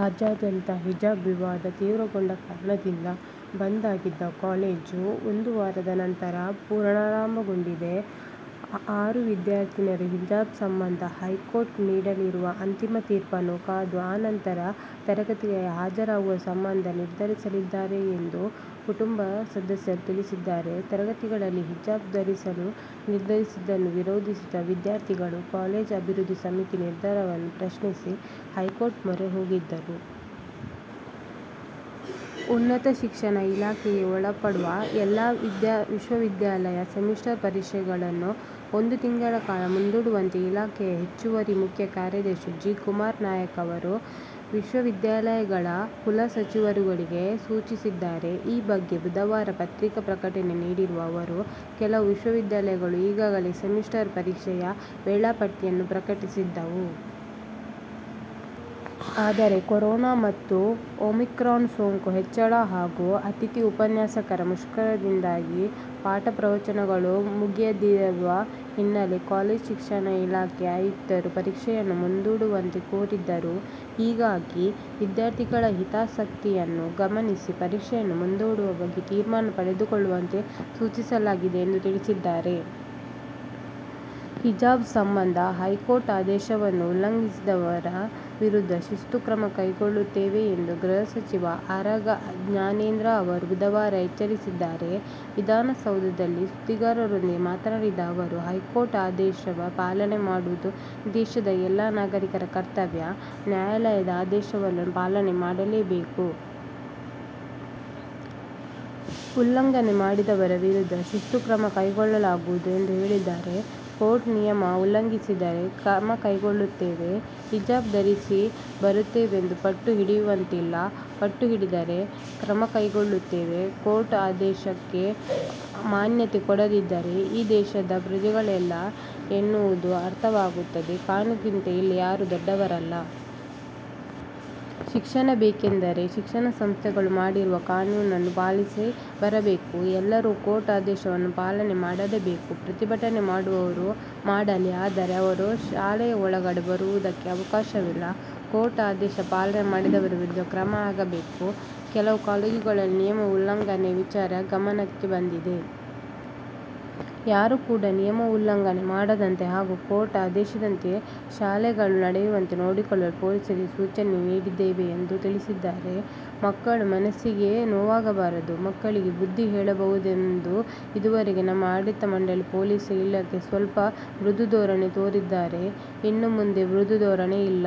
ರಾಜ್ಯಾದ್ಯಂತ ಹಿಜಾಬ್ ವಿವಾದ ತೀವ್ರಗೊಂಡ ಕಾರಣದಿಂದ ಬಂದ್ ಆಗಿದ್ದ ಕಾಲೇಜು ಒಂದು ವಾರದ ನಂತರ ಪುನಾರಂಭಗೊಂಡಿದೆ. ಆರು ವಿದ್ಯಾರ್ಥಿನಿಯರು ಹಿಜಾಬ್ ಸಂಬಂಧ ಹೈಕೋರ್ಟ್ ನೀಡಲಿರುವ ಅಂತಿಮ ತೀರ್ಪನ್ನು ಕಾದು ಆ ನಂತರ ತರಗತಿಗಳಿಗೆ ಹಾಜರಾಗುವ ಸಂಬಂಧ ನಿರ್ಧರಿಸಲಿದ್ದಾರೆ ಎಂದು ಕುಟುಂಬ ಸದಸ್ಯರು ತಿಳಿಸಿದ್ದಾರೆ. ತರಗತಿಗಳಲ್ಲಿ ಹಿಜಾಬ್ ಧರಿಸಲು ನಿರ್ಬಂಧಿಸಿದ್ದನ್ನು ವಿರೋಧಿಸಿದ ವಿದ್ಯಾರ್ಥಿಗಳು ಕಾಲೇಜು ಅಭಿವೃದ್ಧಿ ಸಮಿತಿ ನಿರ್ಧಾರವನ್ನು ಪ್ರಶ್ನಿಸಿ ಹೈಕೋರ್ಟ್ ಮೊರೆ ಹೋಗಿದ್ದರು. ಉನ್ನತ ಶಿಕ್ಷಣ ಇಲಾಖೆಗೆ ಒಳಪಡುವ ಎಲ್ಲಾ ವಿಶ್ವವಿದ್ಯಾಲಯಗಳ ಸೆಮಿಸ್ಟರ್ ಪರೀಕ್ಷೆಯನ್ನು ಒಂದು ತಿಂಗಳ ಕಾಲ ಮುಂದೂಡುವಂತೆ ಇಲಾಖೆಯ ಹೆಚ್ಚುವರಿ ಮುಖ್ಯ ಕಾರ್ಯದರ್ಶಿ ಜಿ. ಕುಮಾರ್ ನಾಯಕ್ ಅವರು ವಿಶ್ವವಿದ್ಯಾಲಯಗಳ ಕುಲಸಚಿವರುಗಳಿಗೆ ಸೂಚಿಸಿದ್ದಾರೆ. ಈ ಬಗ್ಗೆ ಬುಧವಾರ ಪತ್ರಿಕಾ ಪ್ರಕಟಣೆ ನೀಡಿರುವ ಅವರು, ಕೆಲವು ವಿಶ್ವವಿದ್ಯಾಲಯಗಳು ಈಗಾಗಲೇ ಸೆಮಿಸ್ಟರ್ ಪರೀಕ್ಷೆಯ ವೇಳಾಪಟ್ಟಿಯನ್ನು ಪ್ರಕಟಿಸಿದ್ದವು. ಆದರೆ, ಕೊರೊನಾ ಮತ್ತು ಒಮಿಕ್ರಾನ್ ಸೋಂಕು ಹೆಚ್ಚಳ ಹಾಗೂ ಅತಿಥಿ ಉಪನ್ಯಾಸಕರ ಮುಷ್ಕರದಿಂದಾಗಿ ಪಾಠ ಪ್ರವಚನಗಳು ಮುಗಿಯದಿರುವ ಹಿನ್ನೆಲೆಯಲ್ಲಿ ಕಾಲೇಜು ಶಿಕ್ಷಣ ಇಲಾಖೆ ಆಯುಕ್ತರು ಪರೀಕ್ಷೆಯನ್ನು ಮುಂದೂಡುವಂತೆ ಕೋರಿದ್ದರು. ಹೀಗಾಗಿ, ವಿದ್ಯಾರ್ಥಿಗಳ ಹಿತಾಸಕ್ತಿಯನ್ನು ಗಮನಿಸಿ, ಪರೀಕ್ಷೆಯನ್ನು ಮುಂದೂಡುವ ಬಗ್ಗೆ ತೀರ್ಮಾನ ತೆಗೆದುಕೊಳ್ಳುವಂತೆ ಸೂಚಿಸಲಾಗಿದೆ ಎಂದು ತಿಳಿಸಿದ್ದಾರೆ. ಹಿಜಾಬ್ ಸಂಬಂಧ ಹೈಕೋರ್ಟ್ ಆದೇಶವನ್ನು ಉಲ್ಲಂಘಿಸಿದವರ ವಿರುದ್ಧ ಶಿಸ್ತು ಕ್ರಮ ಕೈಗೊಳ್ಳುತ್ತೇವೆ ಎಂದು ಗೃಹ ಸಚಿವ ಆರಗ ಜ್ಞಾನೇಂದ್ರ ಅವರು ಬುಧವಾರ ಎಚ್ಚರಿಸಿದ್ದಾರೆ. ವಿಧಾನಸೌಧದಲ್ಲಿ ಸುದ್ದಿಗಾರರೊಂದಿಗೆ ಮಾತನಾಡಿದ ಅವರು, ಹೈಕೋರ್ಟ್ ಆದೇಶವ ಪಾಲನೆ ಮಾಡುವುದು ದೇಶದ ಎಲ್ಲಾ ನಾಗರೀಕರ ಕರ್ತವ್ಯ. ನ್ಯಾಯಾಲಯದ ಆದೇಶವನ್ನು ಪಾಲನೆ ಮಾಡಲೇಬೇಕು. ಉಲ್ಲಂಘನೆ ಮಾಡಿದವರ ವಿರುದ್ಧ ಶಿಸ್ತು ಕ್ರಮ ಕೈಗೊಳ್ಳಲಾಗುವುದು ಎಂದು ಹೇಳಿದ್ದಾರೆ. ಕೋರ್ಟ್ ನಿಮಯ ಉಲ್ಲಂಘಿಸಿದರೆ ಕ್ರಮಕೈಗೊಳ್ಳುತ್ತೇವೆ. ಹಿಜಾಬ್ ಧರಿಸಿ ಬರುತ್ತೇವೆಂದು ಪಟ್ಟು ಹಿಡಿಯುವಂತಿಲ್ಲ ಪಟ್ಟು ಹಿಡಿದರೆ ಕ್ರಮ ತೆಗೆದುಕೊಳ್ಳುತ್ತೇವೆ. ಕೋರ್ಟ್ ಆದೇಶಕ್ಕೆ ಮಾನ್ಯತೆ ಕೊಡದಿದ್ದರೆ ಈ ದೇಶದ ಪ್ರಜೆಗಳಲ್ಲ ಎನ್ನುವುದು ಅರ್ಥವಾಗುತ್ತದೆ. ಕಾನೂನಿಗಿಂತ ಇಲ್ಲಿ ಯಾರೂ ದೊಡ್ಡವರಲ್ಲ. ಶಿಕ್ಷಣ ಬೇಕೆಂದರೆ ಶಿಕ್ಷಣ ಸಂಸ್ಥೆಗಳು ಮಾಡಿರುವ ಕಾನೂನನ್ನು ಪಾಲಿಸಿ ಬರಬೇಕು. ಎಲ್ಲರೂ ಕೋರ್ಟ್ ಆದೇಶವನ್ನು ಪಾಲನೆ ಮಾಡಲೇಬೇಕು. ಪ್ರತಿಭಟನೆ ಮಾಡುವರು ಮಾಡಲಿ. ಆದರೆ, ಅವರು ಶಾಲೆ ಒಳಗಡೆ ಬರುವುದಕ್ಕೆ ಅವಕಾಶವಿಲ್ಲ. ಕೋರ್ಟ್ ಆದೇಶ ಪಾಲನೆ ಮಾಡದವರ ವಿರುದ್ಧ ಕ್ರಮ ಆಗಬೇಕು. ಕೆಲವು ಕಾಲೇಜುಗಳಲ್ಲಿ ನಿಯಮ ಉಲ್ಲಂಘನೆ ವಿಚಾರ ಗಮನಕ್ಕೆ ಬಂದಿದೆ. ಯಾರು ಕೂಡ ನಿಯಮ ಉಲ್ಲಂಘನೆ ಮಾಡದಂತೆ ಹಾಗೂ ಕೋರ್ಟ್ ಆದೇಶದಂತೆ ಶಾಲೆಗಳ ನಡೆಯುವಂತೆ ನೋಡಿಕೊಳ್ಳಲು ಪೊಲೀಸರಿಗೆ ಸೂಚನೆ ನೀಡಿದ್ದೇನೆ ಎಂದು ತಿಳಿಸಿದ್ದಾರೆ. ಮಕ್ಕಳ ಮನಸ್ಸಿಗೆ ನೋವಾಗಬಾರದು. ಮಕ್ಕಳಿಗೆ ಬುದ್ಧಿ ಹೇಳಬಹುದೆಂದು ಇದೂವರೆಗೆ ನಮ್ಮ ಆಡಳಿತ ಮಂಡಳಿ, ಪೊಲೀಸ್ ಇಲಾಖೆ ಸ್ವಲ್ಪ ಮೃದು ಧೋರಣೆ ತೋರಿದ್ದಾರೆ. ಇನ್ನು ಮುಂದೆ ಮೃದು ಧೋರಣೆ ಇಲ್ಲ.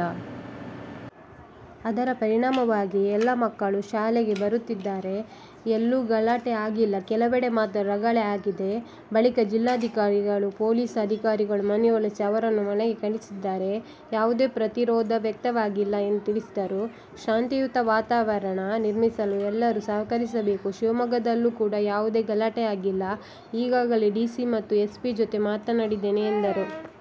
ಅದರ ಪರಿಣಾಮವಾಗಿ ಎಲ್ಲಾ ಮಕ್ಕಳು ಶಾಲೆಗೆ ಬರುತ್ತಿದ್ದಾರೆ. ಎಲ್ಲೂ ಗಲಾಟೆ ಆಗಿಲ್ಲ. ಕೆಲವೆಡೆ ಮಾತ್ರ ರಗಳೆ ಆಗಿದೆ. ಬಳಿಕ ಜಿಲ್ಲಾಧಿಕಾರಿಗಳು, ಪೊಲೀಸ್ ಅಧಿಕಾರಿಗಳು ಮನವೊಲಿಸಿ ಅವರನ್ನು ಶಾಲೆಗೆ ಕಳುಹಿಸಿದ್ದಾರೆ. ಯಾವುದೇ ಪ್ರತಿರೋಧ ವ್ಯಕ್ತವಾಗಿಲ್ಲ ಎಂದು ತಿಳಿಸಿದರು. ಶಾಂತಿಯುತ ವಾತಾವರಣ ನಿರ್ಮಿಸಲು ಎಲ್ಲರೂ ಸಹಕರಿಸಬೇಕು. ಶಿವಮೊಗ್ಗದಲ್ಲೂ ಕೂಡ ಯಾವುದೇ ಗಲಾಟೆ ಆಗಿಲ್ಲ. ಈಗಾಗಲೇ ಡಿಸಿ ಮತ್ತು ಎಸ್'ಪಿ ಜೊತೆಗೆ ಮಾತನಾಡಿದ್ದೇನೆ ಎಂದರು.